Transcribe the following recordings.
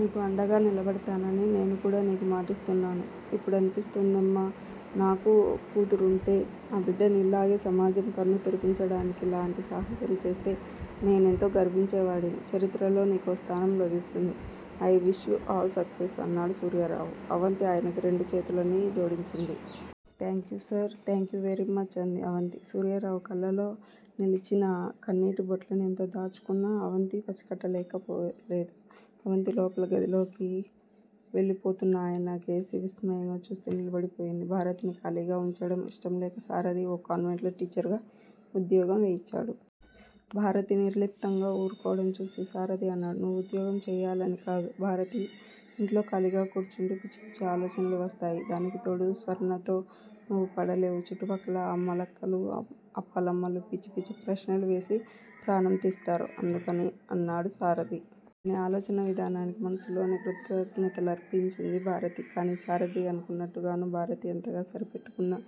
నీకు అండగా నిలబడతానని నేనుకూడా నీకు మాటిస్తున్నాను. ఇప్పుడనిపిస్తోందమ్మా. నాకో కూతురే వుంటే, ఆ బిడ్డ నీలాగే సమాజం కన్ను తెరిపించడానికిలాంటి సాహసం చేస్తే నేనెంతో గర్వించేవాడిని. చరిత్రలో నీకో స్థానం లభిస్తుంది. I wish you all success అన్నాడు సూర్యారావు. అవంతి ఆయనకి రెండు చేతులనీ జోడించింది. Thank you sir. థాంక్యూ వేరీమచ్ అంది అవంతి. సూర్యారావు కళ్ళలో నిలచిన కన్నీటి బొట్లని ఎంత దాచుకొన్నా అవంతి పసికట్టకపోలేదు. అవంతి లోపల గదిలోకి వెళ్ళిపోతున్న ఆయనకేసి విస్మయంగా చూస్తూ నిలబడిపోయింది. భారతిని ఖాళీగా వుంచడం ఇష్టంలేక సారధి ఓ కాన్వెంట్ లో టీచర్ గా ఉద్యోగం వేయించాడు. భారతి నిర్లిప్తంగా వూరుకోవడం చూసి సారధి అన్నాడు. నువ్వు ఉద్యోగం చెయ్యాలని కాదు భారతీ! ఇంట్లో ఖాళీగా కూర్చుంటే పిచ్చిపిచ్చి ఆలోచనలు వస్తాయి. దానికితోడు స్వర్ణతో నువ్వు పడలేవు, చుట్టుపక్కల అమ్మలక్కలు, అప్పలమ్మలు పిచ్చి పిచ్చి ప్రశ్నలు వేసి ప్రాణం తీస్తారు. అందుకని అన్నాడు సారధి. అతని ఆలోచనా విధానానికి మనసులోనే కృతజ్ఞతలర్పించింది భారతి. కానీ సారధి అనుకున్నట్టుగానూ, భారతి ఎంతగా సరిపెట్టుకున్నా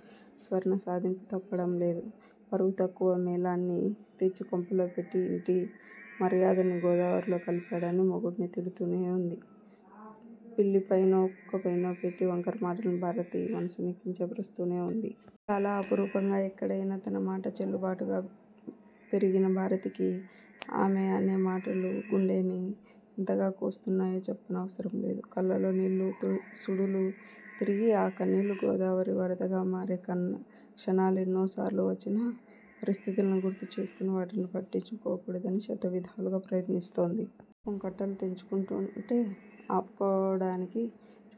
స్వర్ణ సాధింపు తప్పడం లేదు. పరువు తక్కువ మేళాన్ని తెచ్చికొంపలో పెట్టి ఇంటి మర్యాదని గోదారిలో కలిపాడని మొగుడ్ని తిడుతూనే వుంది. పిల్లిపైనో కుక్కపైనో పెట్టి వంకర మాటలని భారతి మనసుని కించపరుస్తూనే వుంది. చాలా అపురూపంగా, ఎక్కడయినా తన మాట చెల్లుబాటుగా పెరిగిన భారతికి ఆమె అనే మాటలు గుండెని ఎంతగా కోస్తున్నాయో చెప్పనవసరం లేదు. కళ్ళలో నీళ్ళు సుడులు తిరిగి ఆ కన్నీళ్ళు గోదావరి వరదగా మారే క్షణాలెన్నోసార్లు వచ్చినా, పరిస్థితులని గుర్తుచేసుకొని వాటిని పట్టించుకోకూడదని శతవిధాలుగా ప్రయత్నిస్తోంది. కోపం కట్టలు తెంచుకొంటుంటే ఆపుకోడానికి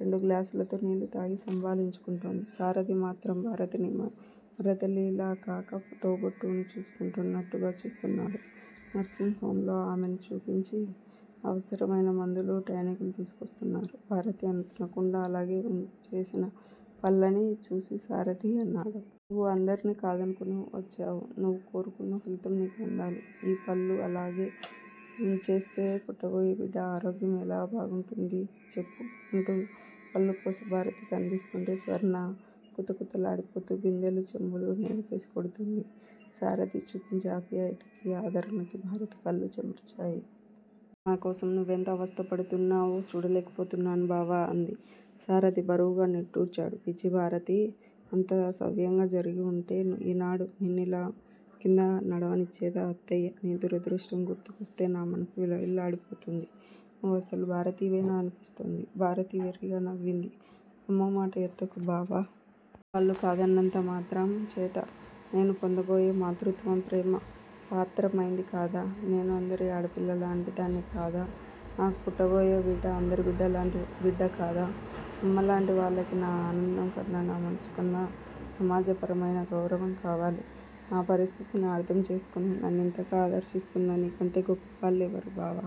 రెండు గ్లాసులతో నీళ్ళు తాగి సంభాళించుకుంటోంది. సారథి మాత్రం భారతిని మరదలిలాకాక తోబుట్టువుని చూసుకొంటున్నట్టుగా చూస్తున్నాడు. నర్శింగ్ హోమ్ లో ఆమెని చూపించి అవసరమైన మందులు, టానిక్కులు తీసుకొస్తున్నారు. భారతి తినకుండా అలాగే వుంచేసిన పళ్ళని చూసి సారధి అన్నాడు. నువ్వు అందర్నీ కాదనుకుని వచ్చావు. నవ్వు కోరుకున్న ఫలితం నీకు అందాలి. ఈ పళ్ళు అలాగే వుంచేస్తే పుట్టబోయే బిడ్డ ఆరోగ్యం ఎలా బాగుంటుంది చెప్పు అంటూ పళ్ళుకోసి భారతికి అందిస్తుంటే స్వర్ణ కుతకుతలాడిపోతూ బిందెలూ చెంబులూ నేలకేసి కొడుతోంది. సారధి చూపించే ఆప్యాయతకీ, ఆదరణకీ భారతి కళ్ళు చెమర్చాయి. నాకోసం నువ్వెంత అవస్థపడుతున్నావో చూడలేకపోతున్నాను బావ! సారధి బరువుగా నిట్టూర్చాడు. పిచ్చి భారతీ, అంతా సవ్యంగా జరిగివుంటే ఈనాడు నిన్నిలా కిందనడవనిచ్చేదా అత్తయ్య? నీ దురదృష్టం గుర్తుకొస్తే నా మనసు విలవిల్లాడిపోతుంది. నువ్వు అసలు భారతివేనా? అనిపిస్తోంది! భారతి వెర్రిగా నవ్వింది. అమ్మ మాట ఎత్తకు బావా! వాళ్ళు కాదన్నంతమాత్రంచేత నేను పొందబోయే మాతృత్వం ప్రేమ పాత్రమైందికాదా? నేను అందరి ఆడపిల్లలలాంటి దాన్ని కాదా? నాకు పుట్టబోయే బిడ్డ అందరి బిడ్డలాంటి బిడ్డ కాదా? అమ్మలాంటి వాళ్ళకి నా ఆనందం కన్నా, నా మనసుకన్నా సమాజపరమైన గౌరవం కావాలి! నా పరిస్థితిని అర్థం చేసుకుని నన్నింతగా ఆదరిస్తున్న నీకంటే గొప్పవాళ్ళెవరు బావా!